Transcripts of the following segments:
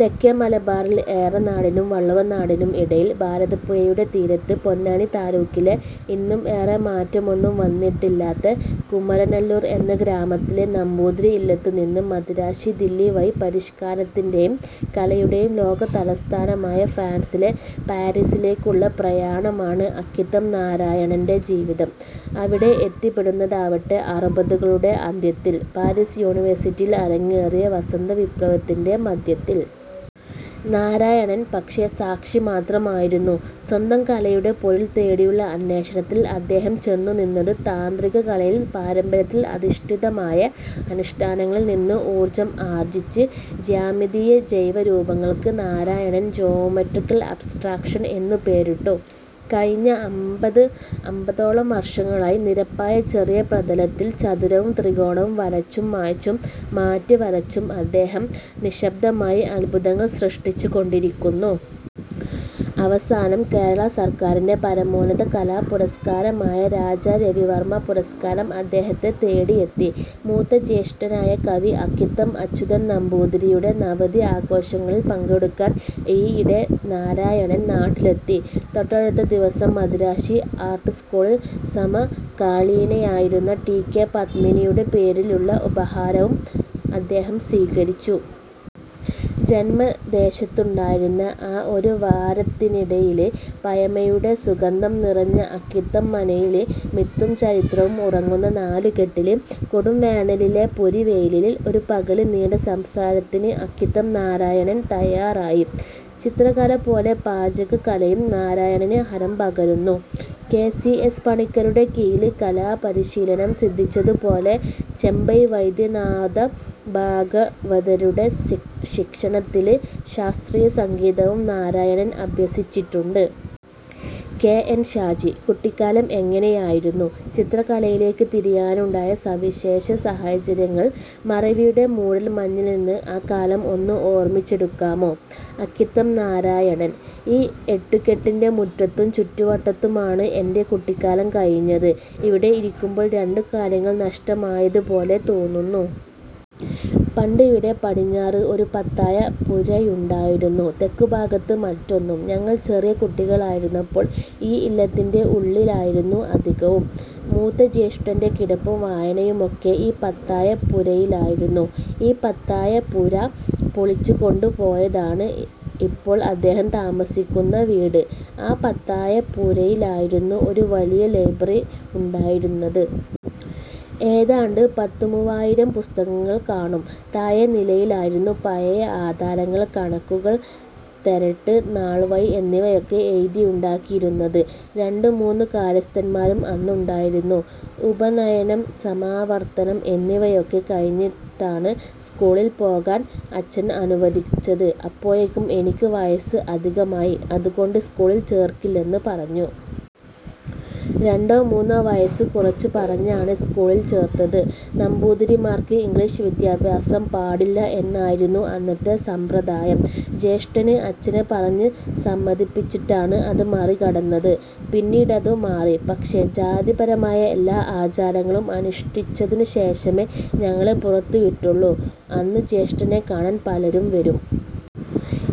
തെക്കേ മലബാറിൽ ഏറനാടിനും വള്ളുവനാടിനും ഇടയിൽ, ഭാരതപ്പുഴയുടെ തീരത്ത്, പൊന്നാനി താലൂക്കിലെ ഇന്നും ഏറെ മാറ്റമൊന്നും വന്നിട്ടില്ലാത്ത കുമരനല്ലൂർ എന്ന ഗ്രാമത്തിലെ നമ്പൂതിരി ഇല്ലത്തുനിന്ന് മദിരാശി, ദില്ലി വഴി പരിഷ്കാരത്തിന്റെയും കലയുടെയും ലോകതലസ്ഥാനമായ ഫ്രാൻസിലെ പാരീസിലേക്കുള്ള പ്രയാണമാണ് അക്കിത്തം നാരായണന്റെ ജീവിതം. അവിടെ എത്തിപ്പെടുന്നതാവട്ടെ അറുപതുകളുടെ അന്ത്യത്തിൽ, പാരീസ് യൂണിവേഴ്സിറ്റിയിൽ അരങ്ങേറിയ ' വസന്തവിപ്ലവ'ത്തിന്റെ മധ്യത്തിൽ. നാരായണൻ പക്ഷേ, സാക്ഷി മാത്രമായിരുന്നു. സ്വന്തം കലയുടെ പൊരുൾ തേടിയുള്ള അന്വേഷണത്തിൽ അദ്ദേഹം ചെന്നുനിന്നത് താന്ത്രിക കലയിൽ. പാരമ്പര്യത്തിൽ അധിഷ്ഠിതമായ അനുഷ്ഠാനങ്ങളിൽ നിന്ന് ഉർജ്ജം ആർജിച് ജ്യാമിതീയ ജൈവരൂപങ്ങൾക്ക് നാരായണൻ ' ജ്യോമട്രിക്കൽ അബ്സ്ട്രാക്ഷൻ ' എന്നു പേരിട്ടു. കഴിഞ്ഞ അമ്പതോളം വർഷങ്ങളായി നിരപ്പായ ചെറിയ പ്രതലത്തിൽ, ചതുരവും ത്രികോണവും വരച്ചും മായ്ച്ചും മാറ്റിവരച്ചും അദ്ദേഹം നിശ്ശബ്ദമായി അദ്ഭുതങ്ങൾ സൃഷ്ടിച്ചുകൊണ്ടിരിക്കുന്നു. അവസാനം, കേരള സർക്കാരിന്റെ പരമോന്നത കലാപുരസ്കാരമായ രാജാ രവിവർമ്മ പുരസ്കാരം അദ്ദേഹത്തെ തേടിയെത്തി. മൂത്ത ജ്യേഷ്ഠനായ കവി അക്കിത്തം അച്യുതൻ നമ്പൂതിരിയുടെ നവതി ആഘോഷങ്ങളിൽ പങ്കെടുക്കാൻ ഈയിടെ നാരായണൻ നാട്ടിലെത്തി. തൊട്ടടുത്ത ദിവസം മദിരാശി ആർട്ട് സ്കൂളിൽ സമകാലീനയായിരുന്ന ടി. കെ. പത്മിനിയുടെ പേരിലുള്ള ഉപഹാരവും അദ്ദേഹം സ്വീകരിച്ചു. ജന്മദേശത്തുണ്ടായിരുന്ന ആ ഒരു വാരത്തിനിടയില്, പഴമയുടെ സുഗന്ധംനിറഞ്ഞ അക്കിത്തം മനയില് മിത്തും ചരിത്രവും ഉറങ്ങുന്ന നാലുകെട്ടില്, കൊടുംവേനലിലെ പൊരിവെയിലിൽ, ഒരു പകല് നീണ്ട സംസാരത്തിന് അക്കിത്തം നാരായണൻ തയ്യാറായി. ചിത്രകലപോലെ പാചകകലയും നാരായണന് ഹരം പകരുന്നു. കെ. സി. എസ്. പണിക്കരുടെ കീഴില് കലാപരിശീലനം സിദ്ധിച്ചതുപോലെ, ചെമ്പൈ വൈദ്യനാഥ ഭാഗവതരുടെ ശിക്ഷണത്തില് ശാസ്ത്രീയ സംഗീതവും നാരായണൻ അഭ്യസിച്ചിട്ടുണ്ട്. കെ. എൻ. ഷാജി: കുട്ടിക്കാലം എങ്ങനെയായിരുന്നു? ചിത്രകലയിലേക്ക് തിരിയാനുണ്ടായ സവിശേഷ സാഹചര്യങ്ങൾ? മറവിയുടെ മൂടൽ മഞ്ഞിൽ നിന്ന് ആ കാലം ഒന്ന് ഓർമിച്ചെടുക്കാമോ. അക്കിത്തം നാരായണൻ: ഈ എട്ടുകെട്ടിന്റെ മുറ്റത്തും ചുറ്റുവട്ടത്തുമാണ് എന്റെ കുട്ടിക്കാലം കഴിഞ്ഞത്. ഇവിടെ ഇരിക്കുമ്പോൾ, രണ്ടു കാര്യങ്ങൾ നഷ്ടമായതുപോലെ തോന്നുന്നു. പണ്ടിവിടെ പടിഞ്ഞാറ് ഒരു പത്തായപ്പുരയുണ്ടായിരുന്നു. തെക്കുഭാഗത്ത് മറ്റൊന്നും. ഞങ്ങൾ ചെറിയ കുട്ടികളായിരുന്നപ്പോൾ, ഈ ഇല്ലത്തിന്റെ ഉള്ളിലായിരുന്നു അധികവും. മൂത്ത ജ്യേഷ്ഠന്റെ കിടപ്പും വായനയുമൊക്കെ ഈ പത്തായപ്പുരയിലായിരുന്നു. ഈ പത്തായപ്പുര പൊളിച്ചുകൊണ്ടുപോയതാണ് ഇപ്പോൾ അദ്ദേഹം താമസിക്കുന്ന വീട്. ആ പത്തായപ്പുരയിലായിരുന്നു ഒരു വലിയ ലൈബ്രറി ഉണ്ടായിരുന്നത്. ഏതാണ്ട് പത്തുമൂവായിരം പുസ്തകങ്ങൾ കാണും. താഴത്തെ നിലയിലായിരുന്നു, പഴയ ആധാരങ്ങൾ, കണക്കുകൾ, തെരട്ട്, നാൾവഴി എന്നിവയൊക്കെ എഴുതിയുണ്ടാക്കിയിരുന്നത്. രണ്ടുമൂന്ന് കാര്യസ്ഥന്മാരും അന്നുണ്ടായിരുന്നു. ഉപനയനം, സമാവർത്തനം എന്നിവയൊക്കെ കഴിഞ്ഞിട്ടാണ് സ്കൂളിൽ പോകാൻ അച്ഛൻ അനുവദിച്ചത്. അപ്പോഴേക്കും എനിക്ക് വയസ്സ് അധികമായി. അതുകൊണ്ട് സ്കൂളിൽ ചേർക്കില്ലെന്ന് പറഞ്ഞു. രണ്ടോ മൂന്നോ വയസ്സ് കുറച്ചുപറഞ്ഞാണ് സ്കൂളിൽ ചേർത്തത്. നമ്പൂതിരിമാർക്ക് ഇംഗ്ലീഷ് വിദ്യാഭ്യാസം പാടില്ല എന്നായിരുന്നു അന്നത്തെ സമ്പ്രദായം. ജ്യേഷ്ഠന് അച്ഛനെ പറഞ്ഞ് സമ്മതിപ്പിച്ചിട്ടാണ് അത് മറികടന്നത്. പിന്നീടതു മാറി. പക്ഷേ, ജാതിപരമായ എല്ലാ ആചാരങ്ങളും അനുഷ്ഠിച്ചതിനുശേഷമേ ഞങ്ങളെ പുറത്തുവിട്ടുള്ളൂ. അന്ന് ജ്യേഷ്ഠനെ കാണാൻ പലരും വരും.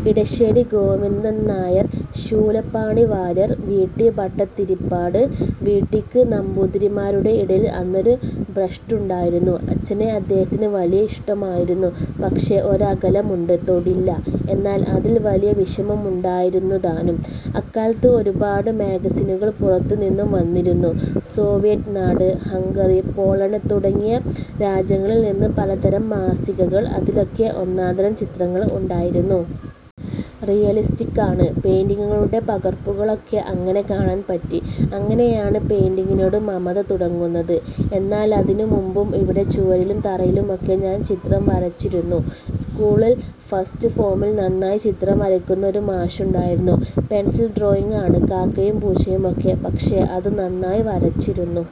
Edasseri Govindan Nair, Soolapani Warrier, V. T. Bhattathiripad. V. ടി. ക്ക് നമ്പൂതിരിമാരുടെ ഇടയിൽ അന്നൊരു ഭ്രഷ്ടുണ്ടായിരുന്നു. അച്ഛനെ അദ്ദേഹത്തിന് വലിയ ഇഷ്ടമായിരുന്നു. പക്ഷേ, ഒരകലമുണ്ട്, തൊടില്ല. എന്നാൽ അതിൽ വലിയ വിഷമമുണ്ടായിരുന്നുതാനും. അക്കാലത്ത് ഒരുപാട് മാഗസിനുകൾ പുറത്തുനിന്നും വന്നിരുന്നു. സോവിയറ്റ് നാട്, ഹംഗറി, പോളണ്ട് തുടങ്ങിയ രാജ്യങ്ങളിൽ നിന്ന് പലതരം മാസികകൾ, അതിലൊക്കെ ഒന്നാന്തരം ചിത്രങ്ങൾ ഉണ്ടായിരുന്നു. റിയലിസ്റ്റിക്കാണ്. പെയിന്റിങ്ങുകളുടെ പകർപ്പുകളൊക്കെ അങ്ങനെ കാണാൻ പറ്റി. അങ്ങനെയാണ് പെയിന്റിങ്ങിനോട് മമത തുടങ്ങുന്നത്. എന്നാലതിനുമുമ്പും ഇവിടെ ചുവരിലും തറയിലുമൊക്കെ ഞാൻ ചിത്രം വരച്ചിരുന്നു. സ്കൂളിൽ, ഫസ്റ്റ് ഫോമിൽ നന്നായി ചിത്രം വരയ്ക്കുന്ന ഒരു മാഷുണ്ടായിരുന്നു. പെൻസിൽ ഡ്രോയിങ്ങാണ്, കാക്കയും പൂച്ചയുമൊക്കെ. പക്ഷേ, അതു നന്നായി വരച്ചിരുന്നു.